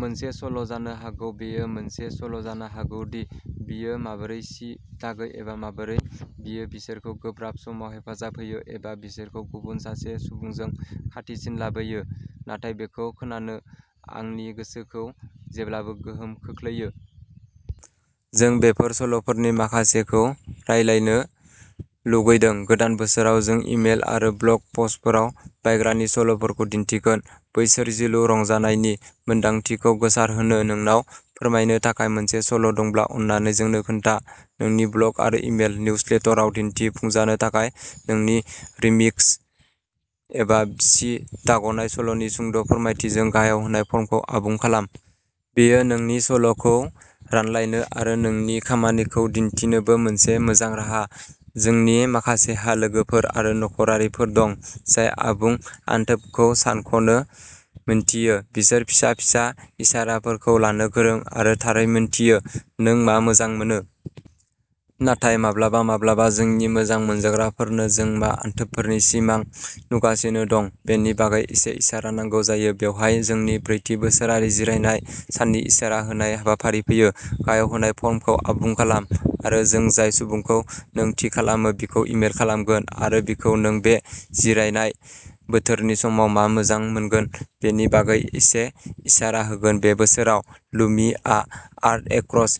मोनसे सल'। जानो हागौ बेयो मोनसे सल'जानो हागौ दि बियो माबोरै सि दागो एबा माबोरै बियो बिसोरखौ गोब्राब समाव हेफाजाब होयो एबा बिसोरखौ गुबुन सासे सुबुंजों खाथिसिन लाबोयो, नाथाय बेखौ खोनानो आंनि गोसोखौ जेब्लाबो गोहोम खोख्लैयो। जों बेफोर सल'फोरनि माखासेखौ रानलायनो लुगैदों। गोदान बोसोराव जों इमेल आरो ब्लग पस्टफोराव बायग्रानि सल'फोरखौ दिन्थिगोन, बै सोरजिलु रंजानायनि मोनदांथिखौ गोसारहोनो। नोंनाव फोरमायनो थाखाय मोनसे सल' दंब्ला अन्नानै जोंनो खोन्था जोंनि ब्लग आरो इमेल निउजलेटरआव दिन्थिफुंजानो थाखाय नोंनि मिर्रिक्स एबा सि दाग'नाय सल'नि सुंद' फोरमायथिजों गाहायाव होनाय फर्मखौ आबुं खालाम। बेयो नोंनि सल'खौ रानलायनो आरो नोंनि खामानिखौ दिन्थिनोबो मोनसे मोजां राहा, जोंनि माखासेहा लोगोफोर आरो नखरारिफोर दं जाय आबुं आनथोबखौ सानख'नो मिन्थियो। बिसोर फिसा-फिसा इसाराफोरखौ लानो गोरों आरो थारै मिन्थियो। नों मा मोजां मोनो? नाथाय माब्लाबा माब्लाबा जोंनि मोजां मोनजाग्राफोरनो जों मा आनथोबफोरनि सिमां नुगासिनो दं बेनि बागै एसे इसारा नांगौ जायो। बेवहाय जोंनि ब्रैथि बोसोरारि जिरायनाय साननि इसारा होनाय हाबाफारि फैयो। गाहायाव होनाय फर्मखौ आबुं खालाम आरो जों जाय सुबुंखौ नों थि खालामो बिखौ इमेल खालामगोन आरो बिखौ नों बे जिरायनाय बोथोरनि समाव मा मोजां मोनगोन बेनि बागै एसे इसारा होगोन बे बोसोराव, "लुमी" आ आर्ट एक्रस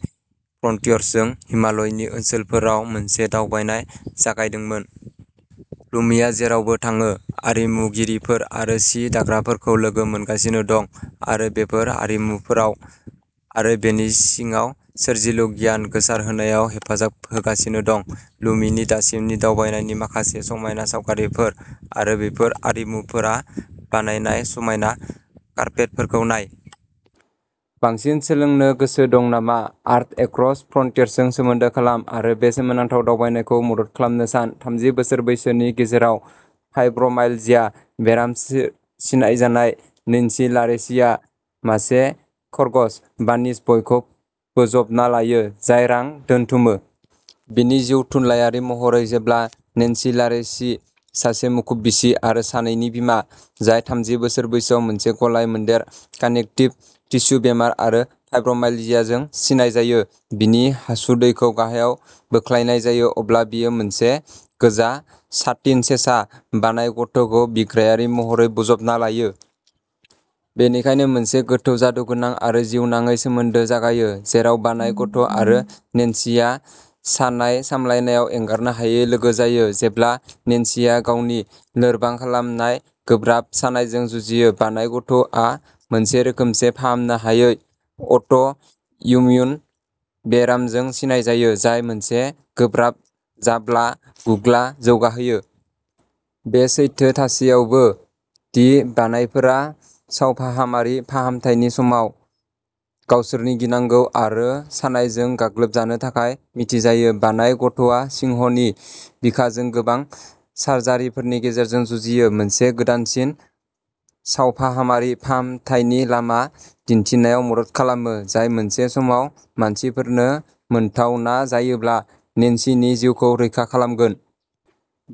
फ्रन्टियर्सजों हिमालयनि ओनसोलफोराव मोनसे दावबायनाय जागायदोंमोन। लुमीआ जेरावबो थाङो आरिमुगिरिफोर आरो सि दाग्राफोरखौ लोगो मोनगासिनो दं आरो बेफोर आरिमुफोराव आरो बेनि सिङाव सोरजिलु गियान गोसारहोनायाव हेफाजाब होगासिनो दं। लुमीनि दासिमनि दावबायनायनि माखासे समायना सावगारिफोर आरो बेफोर आरिमुगिरिफोरा बानायनाय समायना कार्पेटफोरखौ नाय। बांसिन सोलोंनो गोसो दं नामा? आर्ट एक्रस फ्रन्टियर्सजों सोमोन्दो खालाम आरो बे सोमोनांथाव दावबायनायखौ मदद खालामनो सान। थामजि बोसोर बैसोनि गेजेराव फाइब्रोमाइल्जिया बेराम सिनायजानाय, नैन्सी लारेसीआ मासे खरगोश, बानिस बयखौ बोजबना लायो, जाय रां दोनथुमो। बिनि जिउ-थुनलायारि महरै जेब्ला नेन्सी लारेसी, सासे मुखुब बिसि आरो सानैनि बिमा, जाय थामजि बोसोर बैसोआव मोनसे गलाय-मोनदेर कानेक्टिभ टिस्यु बेराम आरो फाइब्रोमाइल्जियाजों सिनायजायो, बिनि हासुदैखौ गाहायाव बोख्लायनाय जायो, अब्ला बियो मोनसे गोजा साटिन सेसा, बानाइ गथ'खौ बिग्रायारि महरै बोजबना लायो। बेनिखायनो मोनसे गोथौ जादुगोनां आरो जिउनाङै सोमोन्दो जागायो, जेराव बानाइ गथ' आरो नेन्सीआ सानाय सामलायनायाव एंगारनो हायै लोगो जायो। जेब्ला नेन्सीया गावनि लोरबां खालामनाय गोब्राब सानायजों जुजियो, बानाइ गथ'आ मोनसे रोखोमसे फाहामनो हायै अट'इम्युन बेरामजों सिनायजायो, जाय मोनसे गोब्राब जाब्ला गुग्ला जौगाहोयो। बे सैथो थासेयावबो दि बानाइफोरा सावफाहामारि फाहामथायनि समाव गावसोरनि गिनांगौ आरो सानायजों गाग्लोबजानो थाखाय मिथिजायो, बानाइ गथ'आ सिंहनि बिखाजों गोबां सार्जारिफोरनि गेजेरजों जुजियो, मोनसे गोदानसिन सावफाहामारि फाहामथायनि लामा दिन्थिनायाव मदद खालामो, जाय मोनसे समाव मानसिफोरनो मोनथावना जायोब्ला, नेन्सीनि जिउखौ रैखा खालामगोन।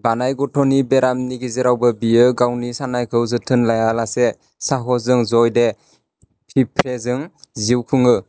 बानाइ गथ'नि बेरामनि गेजेरावबो बियो गावनि सानायखौ जोथोन लायालासे साहसजों जय डे थिभ्रेजों जिउ खुङो ।